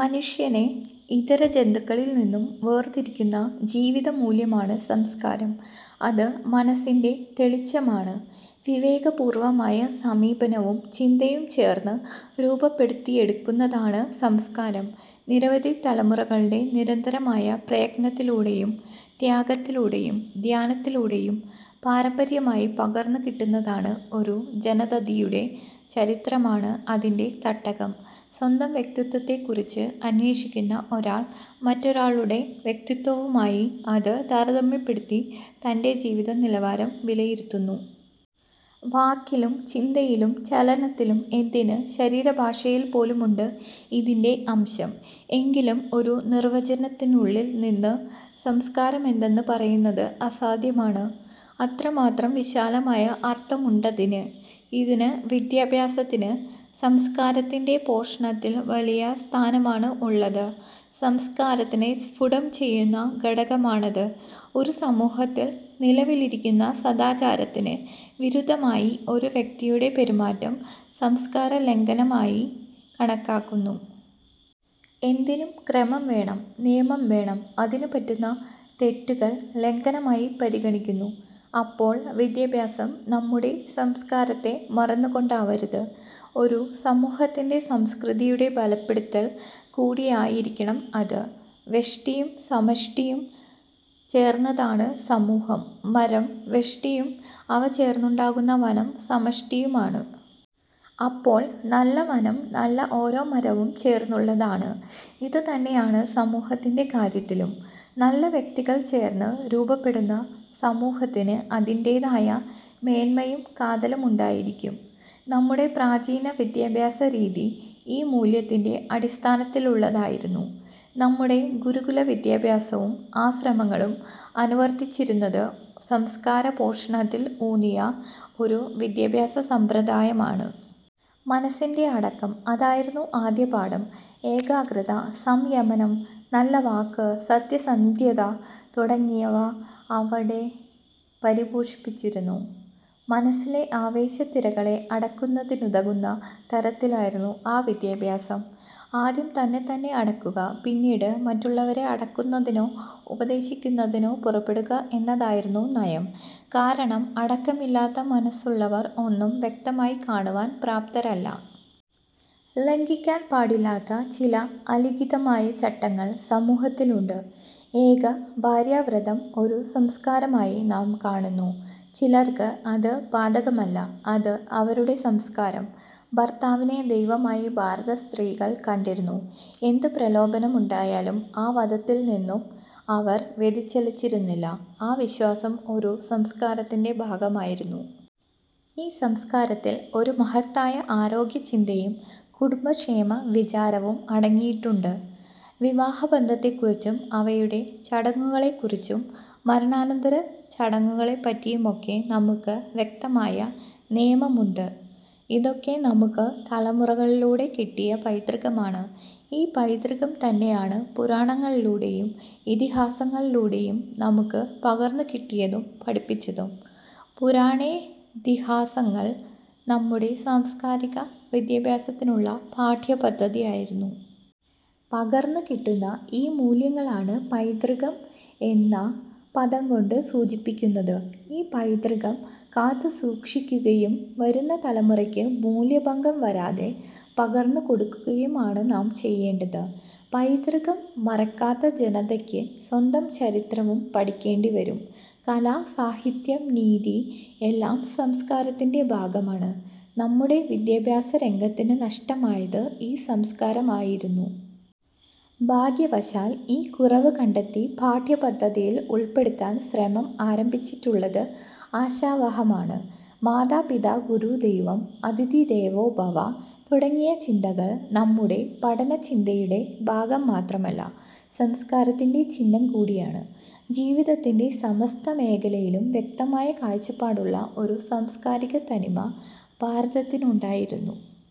മനുഷ്യനെ ഇതര ജന്തുക്കളിൽനിന്നും വേർതിരിക്കുന്ന ജീവിതമൂല്യ മാണ് സംസ്കാരം. അത് മനസ്സിന്റെ തെളിച്ചമാണ്. വിവേകപൂർവ്വമായ സമീപനവും ചിന്തയും ചേർന്ന് രൂപപ്പെടുത്തിയെടുക്കുന്നതാണ് സംസ്കാരം. നിരവധി തലമുറകളുടെ നിരന്തരമായ പ്രയത്നത്തിലൂ ടെയും ത്യാഗത്തിലൂടെയും ധ്യാനത്തിലൂടെയും പാരമ്പര്യമായി പകർന്നുകിട്ടുന്നതാണ്. ഒരു ജനതതിയുടെ ചരിത്രമാണ് അതിന്റെ തട്ടകം. സ്വന്തം വ്യക്തിത്വത്തെക്കുറിച്ച് അന്വേഷിക്കുന്ന ഒരാൾ മറ്റൊ രാളുടെ വ്യക്തിത്വവുമായി അത് താരതമ്യപ്പെടുത്തി തന്റെ ജീവിത നിലവാരം വിലയിരുത്തുന്നു. വാക്കിലും ചിന്തയിലും ചലനത്തിലും എന്തിന് ശരീരഭാഷയിൽപോലുമുണ്ട് ഇതിന്റെ അംശം. എങ്കിലും ഒരു നിർവ്വചനത്തിനുള്ളിൽനിന്നു സംസ്കാരമെന്തെന്നു പറയുന്നത് അസാ ധ്യമാണ്. അത്രമാത്രം വിശാലമായ അർത്ഥമുണ്ടതിന്. ഇതിനു വിദ്യാ ഭ്യാസത്തിനു സംസ്കാരത്തിന്റെ പോഷണത്തിൽ വലിയ സ്ഥാനമാണ് ഉള്ളത്. സംസ്കാരത്തിനെ സ്ഫുടം ചെയ്യുന്ന ഘടകമാണത്. ഒരു സമൂഹത്തിൽ നിലവിലിരിക്കുന്ന സദാചാരത്തിനു വിരുദ്ധമായി ഒരു വ്യക്തിയുടെ പെരുമാറ്റം സംസ്കാരലംഘനമായി കണക്കാക്കു ന്നു. എന്തിനും ക്രമം വേണം. നിയമം വേണം. അതിനു പറ്റുന്ന തെറ്റു കൾ ലംഘനമായി പരിഗണിക്കുന്നു. അപ്പോൾ വിദ്യാഭ്യാസം നമ്മുടെ സംസ്കാരത്തെ മറന്നുകൊണ്ടാവരുത്. ഒരു സമൂഹത്തിന്റെ സംസ്കൃതി യുടെ ബലപ്പെടുത്തൽ കൂടിയായിരിക്കണം അത്. വ്യഷ്ടിയും സമ ഷ്ടിയും ചേർന്നതാണ് സമൂഹം. മരം വ്യഷ്ടിയും അവ ചേർന്നുണ്ടാ കുന്ന വനം സമഷ്ടിയുമാണ്. അപ്പോൾ നല്ല വനം നല്ല ഓരോ മരവും ചേർന്നുള്ളതാണ്. ഇതുതന്നെയാണ് സമൂഹത്തിന്റെ കാര്യത്തിലും. നല്ല വ്യക്തികൾ ചേർന്ന് രൂപപ്പെടുന്ന സമൂഹത്തിന് അതിന്റേതായ മേന്മയും കാതലുമുണ്ടായിരിക്കും. നമ്മുടെ പ്രാചീനവിദ്യാഭ്യാസരീതി ഈ മൂല്യത്തിന്റെ അടിസ്ഥാന ത്തിലുള്ളതായിരുന്നു. നമ്മുടെ ഗുരുകുലവിദ്യാഭ്യാസവും ആശ്രമങ്ങ ളും അനുവർത്തിച്ചിരുന്നത് സംസ്കാരപോഷണത്തിൽ ഊന്നിയ ഒരു വിദ്യാഭ്യാസസമ്പ്രദായമാണ്. മനസ്സിന്റെ അടക്കം അതായിരുന്നു ആദ്യ പാഠം. ഏകാഗ്രത, സംയമനം, നല്ല വാക്ക്, സത്യസന്ധ്യത തുടങ്ങിയവ അവിടെ പരിപോഷിപ്പിച്ചിരുന്നു. മനസ്സിലെ ആവേശത്തിരകളെ അട ക്കുന്നതിനുതകുന്ന തരത്തിലായിരുന്നു ആ വിദ്യാഭ്യാസം. ആദ്യം തന്നെത്തന്നെ അടക്കുക പിന്നീട് മറ്റുള്ളവരെ അടക്കുന്നതിനോ ഉപ ദേശിക്കുന്നതിനോ പുറപ്പെടുക എന്നതായിരുന്നു നയം. കാരണം അട ക്കമില്ലാത്ത മനസ്സുള്ളവർ ഒന്നും വ്യക്തമായി കാണുവാൻ പ്രാപ്തരല്ല. ലംഘിക്കാൻ പാടില്ലാത്ത ചില അലിഖിതമായ ചട്ടങ്ങൾ സമൂഹത്തി ലുണ്ട്. ഏക ഭാര്യാവ്രതം ഒരു സംസ്കാരമായി നാം കാണുന്നു. ചിലർക്ക് അത് ബാധകമല്ല. അത് അവരുടെ സംസ്കാരം. ഭർത്താവിനെ ദൈവ മായി ഭാരതസ്ത്രീകൾ കണ്ടിരുന്നു. എന്തു പ്രലോഭനമുണ്ടായാലും ആ വതത്തിൽനിന്നും അവർ വ്യതിചലിച്ചിരുന്നില്ല. ആ വിശ്വാസം ഒരു സംസ്കാരത്തിന്റെ ഭാഗമായിരുന്നു. ഈ സംസ്കാരത്തിൽ ഒരു മഹ ത്തായ ആരോഗ്യചിന്തയും കുടുംബക്ഷേമവിചാരവും അടങ്ങിയിട്ടുണ്ട്. വിവാഹബന്ധത്തെക്കുറിച്ചും അവയുടെ ചടങ്ങുകളെക്കുറിച്ചും മര ണാനന്തരച്ചടങ്ങുകളെപ്പറ്റിയുമൊക്കെ നമുക്കു വ്യക്തമായ നിയമ മുണ്ട്. ഇതൊക്കെ നമുക്കു തലമുറകളിലൂടെ കിട്ടിയ പൈതൃകമാണ്. ഈ പൈതൃകംതന്നെയാണ് പുരാണങ്ങളിലൂടെയും ഇതിഹാസങ്ങളി ലൂടെയും നമുക്കു പകർന്നുകിട്ടിയതും പഠിപ്പിച്ചതും. പുരാണേതിഹാ സങ്ങൾ നമ്മുടെ സാംസ്കാരിക വിദ്യാഭ്യാസത്തിനുള്ള പാഠ്യപദ്ധതി യായിരുന്നു. പകർന്നുകിട്ടുന്ന ഈ മൂല്യങ്ങളാണ് പൈതൃകം എന്ന പദംകൊണ്ടു സൂചിപ്പിക്കുന്നത്. ഈ പൈതൃകം കാത്തുസൂക്ഷിക്കു കയും വരുന്ന തലമുറയ്ക്ക് മൂല്യഭംഗംവരാതെ പകർന്നുകൊടുക്കു കയുമാണ് നാം ചെയ്യേണ്ടത്. പൈതൃകം മറക്കാത്ത ജനതയ്ക്ക് സ്വന്തം ചരിത്രവും പഠിക്കേണ്ടിവരും. കല, സാഹിത്യം, നീതി എല്ലാം സംസ്കാ രത്തിന്റെ ഭാഗമാണ്. നമ്മുടെ വിദ്യാഭ്യാസരംഗത്തിനു നഷ്ടമായത് ഈ സംസ്കാരമായിരുന്നു. ഭാഗ്യവശാൽ ഈ കുറവു കണ്ടെത്തി പാഠ്യപദ്ധ തിയിൽ ഉൾപ്പെടുത്താൻ ശ്രമം ആരംഭിച്ചിട്ടുള്ളത് ആശാവഹമാണ്. "മാതാ പിതാ ഗുരു ദൈവം,' "അതിഥിദേവോ ഭവ' തുടങ്ങിയ ചിന്ത കൾ നമ്മുടെ പഠനചിന്തയുടെ ഭാഗം മാത്രമല്ല സംസ്കാരത്തിന്റെ ചിഹ്നംകൂടിയാണ്. ജീവിതത്തിന്റെ സമസ്ത മേഖലയിലും വ്യക്തമായ കാഴ്ചപ്പാടുള്ള ഒരു സാംസ്കാരികത്തനിമ ഭാരതത്തിനുണ്ടായിരുന്നു.